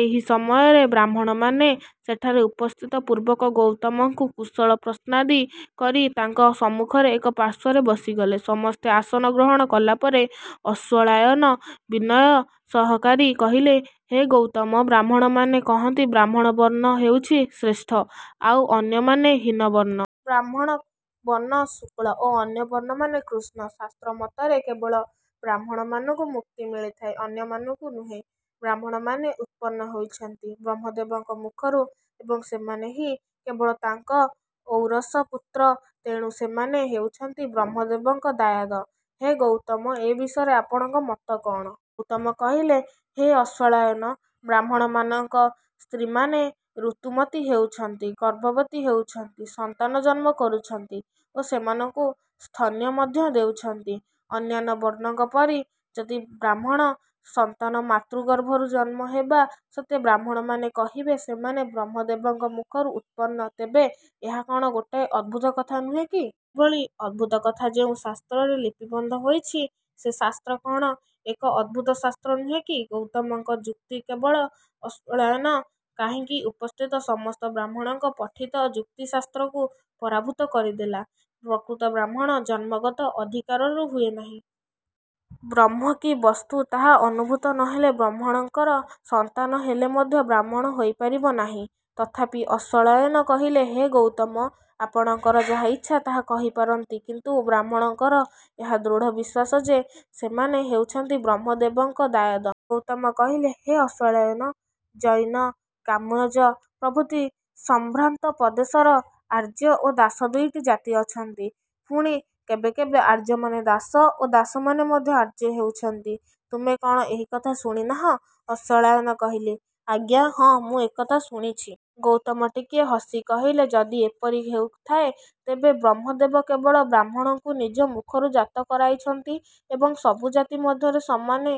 ଏହି ସମୟରେ ବ୍ରାହ୍ମଣମାନେ ସେଠାରେ ଉପସ୍ଥିତ ପୂର୍ବକ ଗୌତମଙ୍କୁ କୁଶଳ ପ୍ରଶ୍ନାଦି କରି ତାଙ୍କ ସମ୍ମୁଖର ଏକ ପାର୍ଶ୍ୱରେ ବସିଗଲେ। ସମସ୍ତେ ଆସନ ଗ୍ରହଣ କଲାପରେ ଅଶ୍ୱଳାୟନ ବିନୟ ସହକାରେ କହିଲେ, ହେ ଗୌତମ! ବ୍ରାହ୍ମଣମାନେ କହନ୍ତି ବ୍ରାହ୍ମଣ ବର୍ଣ୍ଣ ହେଉଛି ଶ୍ରେଷ୍ଠ ଆଉ ଅନ୍ୟମାନେ ହୀନବର୍ଣ୍ଣ। ବ୍ରାହ୍ମଣ ବର୍ଣ୍ଣ ଶୁକ୍ଳ ଓ ଅନ୍ୟ ବର୍ଣ୍ଣମାନେ କୃଷ୍ଣ। ଶାସ୍ତ୍ର ମତରେ କେବଳ ବ୍ରାହ୍ମଣମାନଙ୍କୁ ମୁକ୍ତି ମିଳିଥାଏ, ଅନ୍ୟମାନଙ୍କୁ ନୁହେଁ। ବ୍ରାହ୍ମଣମାନେ ଉତ୍ପନ୍ନ ହୋଇଛନ୍ତି ବ୍ରହ୍ମଦେବଙ୍କ ମୁଖରୁ ଏବଂ ସେମାନେ ହିଁ କେବଳ ତାଙ୍କ ଔରସ ପୁତ୍ର, ତେଣୁ ସେମାନେ ହେଉଛନ୍ତି ବ୍ରହ୍ମଦେବଙ୍କ ଦାୟାଦ। ହେ ଗୌତମ ଏ ବିଷୟରେ ଆପଣଙ୍କ ମତ କ'ଣ? ଗୌତମ କହିଲେ, ହେ ଅଶ୍ୱଳାୟନ! ବ୍ରାହ୍ମଣମାନଙ୍କ ସ୍ତ୍ରୀମାନେ ଋତୁମତି ହେଉଛନ୍ତି, ଗର୍ଭବତୀ ହେଉଛନ୍ତି, ସନ୍ତାନ ଜନ୍ମ କରୁଛନ୍ତି ଓ ସେମାନଙ୍କୁ ସ୍ତନ୍ୟ ମଧ୍ୟ ଦେଉଛନ୍ତି। ଅନ୍ୟାନ୍ୟ ବର୍ଣ୍ଣଙ୍କ ପରି ଯଦି ବ୍ରାହ୍ମଣ ସନ୍ତାନ ମାତୃଗର୍ଭରୁ ଜନ୍ମ ହେବା ସତ୍ତ୍ୱେ ବ୍ରାହ୍ମଣମାନେ କହିବେ ସେମାନେ ବ୍ରହ୍ମଦେବଙ୍କ ମୁଖରୁ ଉତ୍ପନ୍ନ, ତେବେ ଏହା କଣ ଗୋଟାଏ ଅଦ୍ଭୁତ କଥା ନୁହେଁ କି? ଏହିଭଳି ଅଦ୍ଭୁତକଥା ଯେଉଁ ଶାସ୍ତ୍ରରେ ଲିପିବଦ୍ଧ ହୋଇଛି ସେ ଶାସ୍ତ୍ର କଣ ଏକ ଅଦ୍ଭୁତ ଶାସ୍ତ୍ର ନୁହେଁ କି? ଗୌତମଙ୍କ ଯୁକ୍ତି କେବଳ ଅଶ୍ୱଳାୟନ କାହିଁକି ଉପସ୍ଥିତ ସମସ୍ତ ବ୍ରାହ୍ମଣଙ୍କ ପଠିତ ଯୁକ୍ତି ଶାସ୍ତ୍ରକୁ ପରାଭୂତ କରିଦେଲା। ପ୍ରକୃତ ବ୍ରାହ୍ମଣ ଜନ୍ମଗତ ଅଧିକାରରୁ ହୁଏ ନାହିଁ। ବ୍ରହ୍ମ କି ବସ୍ତୁ ତାହା ଅନୁଭୂତ ନହେଲେ ବ୍ରାହ୍ମଣର ସନ୍ତାନ ହେଲେ ମଧ୍ୟ ବ୍ରାହ୍ମଣ ହୋଇପାରିବ ନାହିଁ। ତଥାପି ଅଶ୍ୱଳାୟନ କହିଲେ, ହେ ଗୌତମ! ଆପଣଙ୍କର ଯାହା ଇଚ୍ଛା ତାହା କହିପାରନ୍ତି କିନ୍ତୁ ବ୍ରାହ୍ମଣଙ୍କର ଏହା ଦୃଢ଼ ବିଶ୍ୱାସ ଯେ ସେମାନେ ହେଉଛନ୍ତି ବ୍ରହ୍ମଦେବଙ୍କ ଦାୟାଦ। ଗୌତମ କହିଲେ ହେ ଅଶ୍ୱଳାୟନ! ଯୌନ, କାମ୍ୱୋଜ ପ୍ରଭୃତି ସମ୍ଭ୍ରାନ୍ତ ପ୍ରଦେଶରେ ଆର୍ଯ୍ୟ ଓ ଦାସ ଦୁଇଟି ଜାତି ଅଛନ୍ତି। ପୁଣି କେବେ କେବେ ଆର୍ଯ୍ୟମାନେ ଦାସ ଓ ଦାସମାନେ ମଧ୍ୟ ଆର୍ଯ୍ୟ ହେଉଛନ୍ତି। ତୁମେ କଣ ଏହିକଥା ଶୁଣିନାହିଁ? ଅଶ୍ୱଳାୟନ କହିଲେ, ଆଜ୍ଞା ହଁ ମୁଁ ଏହିକଥା ଶୁଣିଛି। ଗୌତମ ଟିକିଏ ହସି କହିଲେ, ଯଦି ଏପରି ହେଊଥାଏ, ତେବେ ବ୍ରହ୍ମଦେବ କେବଳ ବ୍ରାହ୍ମଣଙ୍କୁ ନିଜ ମୁଖରୁ ଜାତ କରାଇଛନ୍ତି ଏବଂ ସବୁ ଜାତି ମଧ୍ୟରେ ସେମାନେ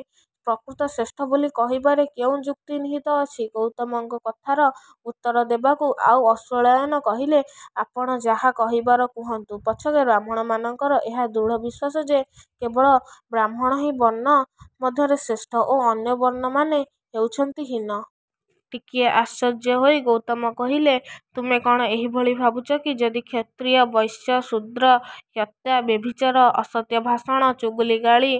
ପ୍ରକୃତ ଶ୍ରେଷ୍ଠ ବୋଲି କହିବାରେ କେଉଁ ଯୁକ୍ତି ନିହିତ ଅଛି? ଗୌତମଙ୍କ କଥାର ଉତ୍ତର ଦେବାକୁ ଯାଇ ଅଶ୍ୱଳାୟନ କହିଲେ, ଆପଣ ଯାହା କହିବାର କୁହନ୍ତୁ ପଛକେ ବ୍ରାହ୍ମଣମାନଙ୍କର ଏହା ଦୃଢ଼ ବିଶ୍ୱାସ ଯେ କେବଳ ବ୍ରାହ୍ମଣହିଁ ବର୍ଣ୍ଣ ମଧ୍ୟରେ ଶ୍ରେଷ୍ଠ ଓ ଅନ୍ୟ ବର୍ଣ୍ଣମାନେ ହେଉଛନ୍ତି ହୀନ। ଟିକିଏ ଆଶ୍ଚର୍ଯ୍ୟ ହୋଇ ଗୌତମ କହିଲେ, ତୁମେ କଣ ଏହିଭଳି ଭାବୁଛ କି-ଯଦି କ୍ଷତ୍ରୀୟ, ବୈଶ୍ୟ, ଶୂଦ୍ର, ହତ୍ୟା, ବ୍ୟଭିଚାର, ଅସତ୍ୟ ଭାଷଣ, ଚୁଗୁଲି ଗାଳି,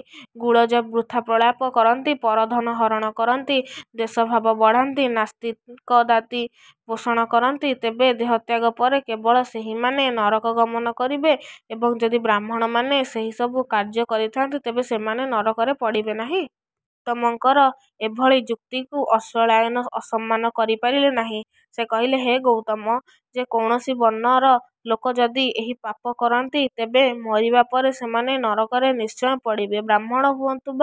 ଗୁଳଜ ବୃଥାପ୍ରଳାପ କରନ୍ତି, ପରଧନ ହରଣ କରନ୍ତି, ଦ୍ୱେଷଭାବ ବଢ଼ାନ୍ତି, ନାସ୍ତିକତାଦି ପୋଷଣ କରନ୍ତି ତେବେ ଦେହତ୍ୟାଗ ପରେ କେବଳ ସେହିମାନେ ନରକ ଗମନ କରିବେ ଏବଂ ଯଦି ବ୍ରାହ୍ମଣମାନେ ସେହିସବୁ କାର୍ଯ୍ୟ କରିଥାନ୍ତି ତେବେ ସେମାନେ ନରକରେ ପଡ଼ିବେ ନାହିଁ? ଗୌତମଙ୍କର ଏଭଳି ଯୁକ୍ତିକୁ ଅଶ୍ୱଳାୟନ ଅସମ୍ମାନ କରିପାରିଲେ ନାହିଁ। ସେ କହିଲେ, ହେ ଗୌତମ! ଯେ କୌଣସି ବର୍ଣ୍ଣର ଲୋକ ଯଦି ଏହି ପାପ କରନ୍ତି, ତେବେ ମରିବା ପରେ ସେମାନେ ନରକରେ ନିଶ୍ଚୟ ପଡ଼ିବେ। ବ୍ରାହ୍ମଣ ହୁଅନ୍ତୁ ବା